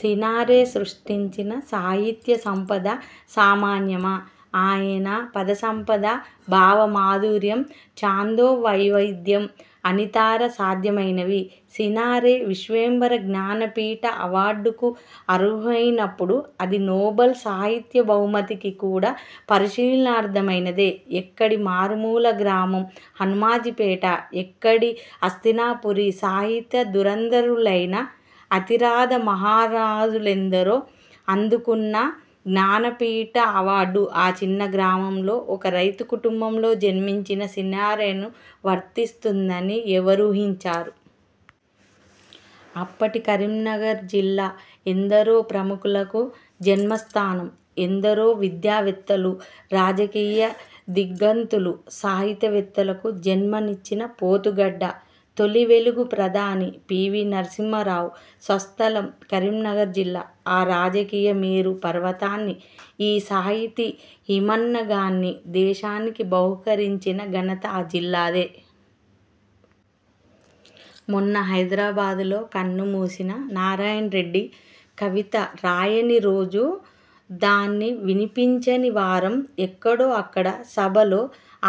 సినారె సృష్టించిన సాహిత్య సంపద సామాన్యమా? ఆయన పదసంపద, భావ మాధుర్యం, ఛందో వైవిధ్యం, అనితర సాధ్యమైనవి! సినారె 'విశ్వంభర' జ్ఞానపీఠ అవార్డుకు అర్హమైనప్పుడు, అది నోబెల్ సాహిత్య బహుమతికి కూడా పరిశీలనార్హమైనదే! ఎక్కడి మారుమూల గ్రామం హనుమాజీపేట! ఎక్కడి హస్తినాపురి! సాహితీ దురంధరులైన అతిరథ మహాథరులెందరో అందుకున్న జ్ఞానపీఠ అవార్డు ఆ చిన్న గ్రామంలో ఒక రైతు కుటుంబంలో జన్మించిన సినారెను వరిస్తుందని ఎవరూ హించారు? అప్పటి కరీంనగర్ జిల్లా ఎందరో ప్రముఖులకు జన్మస్థానం. ఎందరో విద్యావేత్తలు, రాజకీయ దిగ్దంతులు, సాహితీవేత్తలకు జన్మనిచ్చిన పోతుగడ్డ. తొలి తెలుగు ప్రధాని పి. వి. నరసింహారావు స్వస్థలం కరీంనగర్ జిల్లా. ఆ రాజకీయ మేరు పర్వతాన్ని, ఈ సాహితీ హిమవన్నగాన్ని దేశానికి బహూకరించిన ఘనత ఆ జిల్లాదే. మొన్న హైదరాబాద్లో కన్నుమూసిన నారాయణరెడ్డి కవిత రాయని రోజు, దాన్ని వినిపించని వారం, ఎక్కడో అక్కడ సభలో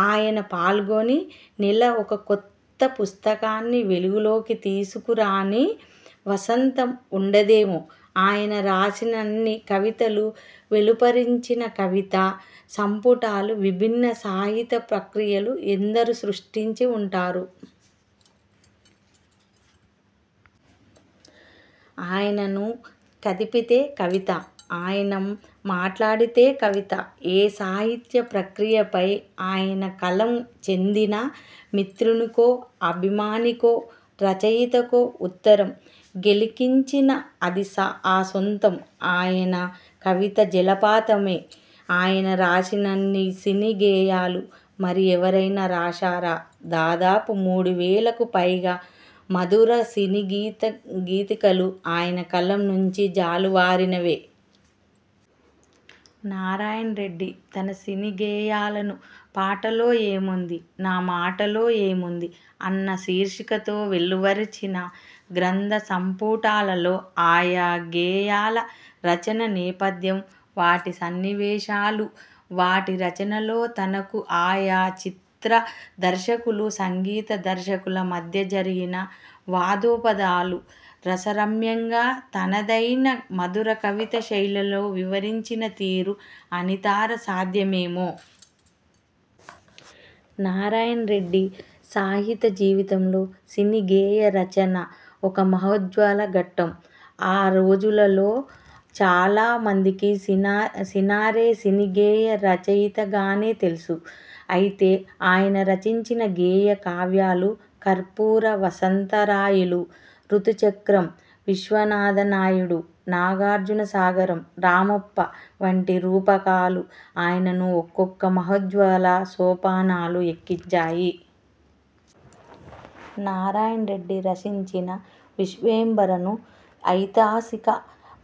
ఆయన పాల్గొనని నెల, ఒక కొత్త పుస్తకాన్ని వెలుగులోకి తీసుకురాని వసంత వుండదేమో! ఆయన రాసినన్ని కవితలు, వెలువరించిన కవితా సంపుటాలు, విభిన్న సాహితీ ప్రక్రియలు ఎందరు సృష్టించి వుంటారు? ఆయనను కదిపితే కవిత! ఆయన మాట్లాడితే కవిత! ఏ సాహిత్య ప్రక్రియపై ఆయన కలం చిందినా, మిత్రునికో, అభిమానికో, రచయితకో ఉత్తరం గిలికించినా అది ఆసాంతం ఆయన కవితా జలపాతమే! ఆయన రాసినన్ని సినీ గేయాలు మరి ఎవరైనా రాశారా? దాదాపు మూడు వేలకు పైగా మధుర సినీగీత గీతికలు ఆయన కలం నుంచి జాలువారినవే! నారాయణరెడ్డి తన సినీ గేయాలను 'పాటలో ఏముంది? నా మాటలో ఏముంది? ' అన్న శీర్షికతో వెలువరించిన గ్రంథ సంపుటాలలో ఆయా గేయాల రచనా నేపథ్యం, వాటి సన్నివేశాలు, వాటి రచనలో తనకు, ఆయా చిత్ర దర్శకులు, సంగీత దర్శకుల మధ్య జరిగిన వాదోపదాలు రసరమ్యంగా, తనదైన మధుర కవితా శైలిలో వివరించిన తీరు అనితర సాధ్యమేమో! నారాయణ రెడ్డి సాహిత జీవితంలో సినీ గేయ రచన ఒక మహోజ్వల ఘట్టం. ఆ రోజులలో చాలా మందికి సిన సినారె సినీ గేయ రచయితగానే తెలుసు. అయితే, ఆయన రచించిన గేయ కావ్యాలు 'కర్పూర వసంతరాయలు', 'రుతు చక్రం', 'విశ్వనాథ నాయుడు', 'నాగార్జున సాగరం', 'రామప్ప' వంటి రూపకాలు ఆయనను ఒక్కొక్క మహోజ్వల సోపానాలు ఎక్కించాయి. నారాయణ రెడ్డి రచించిన 'విశ్వంభర'ను ఐతిహాసిక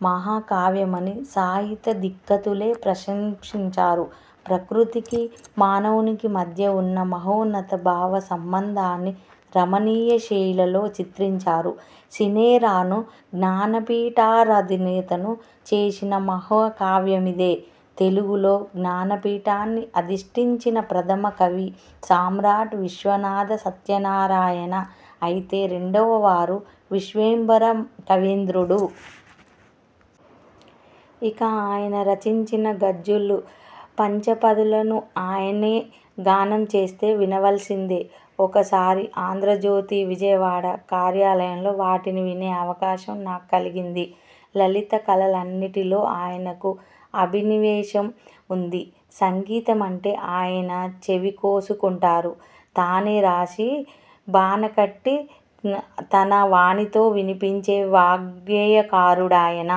మహా కావ్యమని సాహితీ దిగ్ధంతులే ప్రశంసించారు. ప్రకృతికి, మానవునికి మధ్య వున్న మహోన్నత భావ సంబంధాన్ని రమణీయ శైలిలో చిత్రించారు. సినారెను జ్ఞానపీఠాధినేతను చేసిన మహాకావ్యమిదే. తెలుగులో జ్ఞానపీఠాన్ని అధిష్ఠించిన ప్రథమ 'కవి' సమ్రాట్ విశ్వనాథ సత్యనారాయణ అయితే, రెండవ వారు విశ్వింభర' కవీంద్రుడు. ఇక, ఆయన రచించిన గజళ్లు, పంచపదులను ఆయనే గానం చేస్తే, వినవలసిందే. ఒకసారి 'ఆంధ్రజ్యోతి' విజయవాడ కార్యాలయంలో వాటిని వినే అవకాశం నాకు కలిగింది! లలిత కళలన్నింటిలో ఆయనకు అభినివేశం వుంది. సంగీతమంటే ఆయన చెవి కోసుకుంటారు. తానే రాసి, బాణీకట్టి, తన వాణితో వినిపించే వాగ్గేయకారుడాయన.